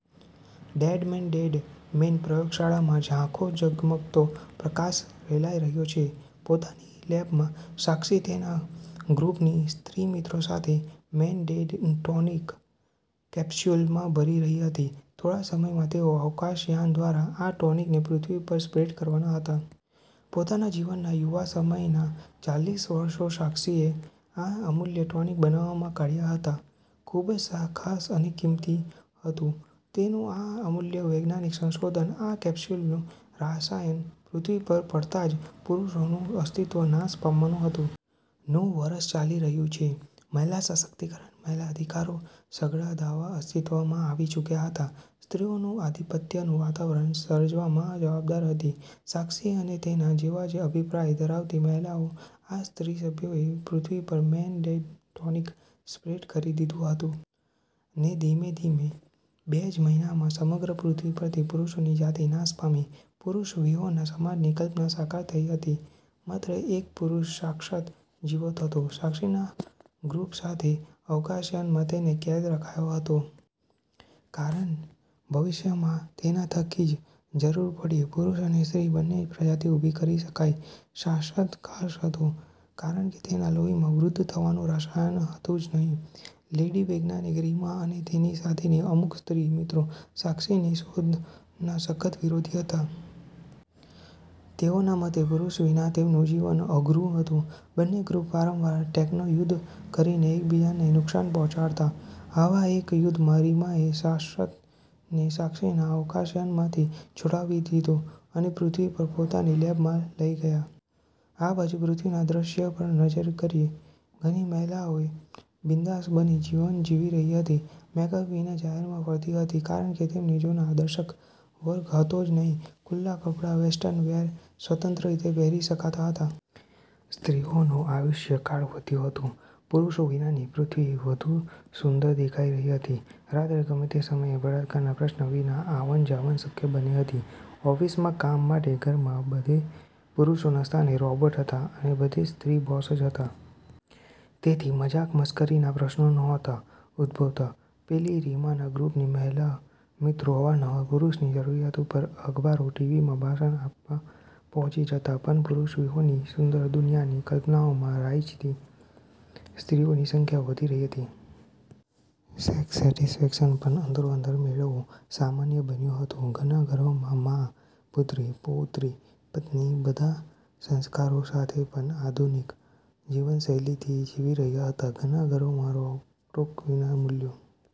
Dead man dead man પ્રયોગશાળામાં ઝાંખો ઝગમગતો પ્રકાશ રેલાઈ રહ્યો છે. પોતાની લેબમાં સાક્ષી તેના ગ્રૂપની સ્ત્રીમિત્રો સાથે ' મેન ડેડ ' ટોનિક કેપસ્યુલ માં ભરી રહી હતી. થોડા જ સમયમાં તેઓ અવકાશયાન દ્વારા આ ટોનિક ને પૃથ્વી પર સ્પ્રેડ કરવાના હતા. પોતાના જીવનના યુવા સમયના ચાલીસ વર્ષો સાક્ષીએ આ અમૂલ્ય ટોનિક બનાવવામાં કાઢ્યા હતા. ખૂબ જ સા ખાસ અને કિંમતી હતું તેનું આ અમૂલ્ય વૈજ્ઞાનિક સંશોધન. આ કેપ્સ્યુલનું રાસાયણ પૃથ્વી પર પડતાં જ પુરુષોનું અસ્તિત્વ નાશ પામવાનું હતું. નું વર્ષ ચાલી રહ્યું છે. મહિલા સશક્તિકરણ, મહિલા અધિકારો સઘળાં દાવા અસ્તિત્વ માં આવી ચૂક્યા હતા. સ્ત્રીઓનું આધિપત્યનું વાતાવરણ સર્જવામાં જવાબદાર હતી સાક્ષી અને તેના જેવાજ અભિપ્રાય ધરાવતી મહિલાઓ. આ સ્ત્રી સભ્યોએ પૃથ્વી પર મેન ડેડ ટોનિક સ્પ્રેડ કરી દીધું હતું. ને ધીમે ધીમે બે જ મહિનામાં સમગ્ર પૃથ્વી પરથી પુરુષોની જાતિ નાશ પામી. પુરુષ વિહોણા સમાજની કલ્પના સાકાર થઈ હતી. માત્ર એક પુરુષ ' શાશ્વત ' જીવંત હતો. સાક્ષી ના ગ્રુપ સાથે અવકાશયાન માં તેને કેદ રખાયો હતો. કારણ ભવિષ્યમાં તેના થકી જ જરૂર પડ્યે પુરુષ અને સ્ત્રી બન્ને પ્રજાતિ ઊભી કરી શકાય. શાશ્વત ખાસ હતો કારણ તેનાં લોહીમાં વૃદ્ધ થવાનું રસાયણ હતું જ નહિ. લેડી વૈજ્ઞાનિક રીમા અને તેની સાથેની અમુક સ્ત્રી મિત્રો સાક્ષીની શોધ ના સખત વિરોધી હતા. તેઓ ના મતે પુરુષ વિના તેમનું જીવન અધુરુ હતું. બન્ને ગ્રુપ વારંવાર ટેકનોયુદ્ધ કરીને એકબીજા ને નુકસાન પહોંચાડતા. આવા એક યુદ્ધ માં રીમા એ શાશ્વત ને સાક્ષીના અવકાશયાનમાંથી છોડાવી લીધો. અને પૃથ્વી પર પોતાની લેબમાં લઈ ગયા. આ બાજુ પૃથ્વીના દ્રશ્ય પર નજર કરીએ. ઘણી મહિલાઓ બિન્દાસ બની જીવન જીવી રહી હતી. મેકઅપ વિના જાહેરમાં ફરતી હતી કારણ તેમને જોનાર દર્શક વર્ગ હતો જ નહિ. ખુલ્લા કપડાં, વેસ્ટર્ન વેર સ્વતંત્ર રીતે પહેરી શકાતા હતા. સ્ત્રીઓનો આયુષ્ય કાળ વધ્યો હતો. પુરુષો વિનાની પૃથ્વી વધુ સુંદર દેખાઈ રહી હતી. રાત્રે ગમે તે સમયે બળાત્કારના પ્રશ્ન વિના આવન જાવન શક્ય બની હતી. ઑફિસમાં કામ માટે, ઘરમાં બધે પુરુષોના સ્થાને રોબોટ હતા અને બધે સ્ત્રી બોસ જ હતા. તેથી મજાક મશ્કરી ના પ્રશ્નો નહોતા ઉદભવતા. પેલી રીમાના ગ્રુપની મહિલા મિત્રો અવારનવાર પુરુષની જરૂરિયાત ઉપર અખબારો, ટીવી માં ભાષણ આપવા પહોંચી જતા પણ પુરુષ વિહોણી સુંદર દુનિયાની કલ્પનાઓમાં રાચતી સ્ત્રીઓની સંખ્યા વધી રહી હતી. સેક્સ સેટિસફેકશન પણ અંદરોઅંદર મેળવવું સામાન્ય બન્યું હતું. ઘણા ઘરોમાં માં, પુત્રી, પૌત્રી, પત્ની, બધા સંસ્કારો સાથે પણ આધુનિક જીવનશૈલીથી જીવી રહ્યા હતા. ઘણા ઘરોમાં રોકટોક વિના, મૂલ્યો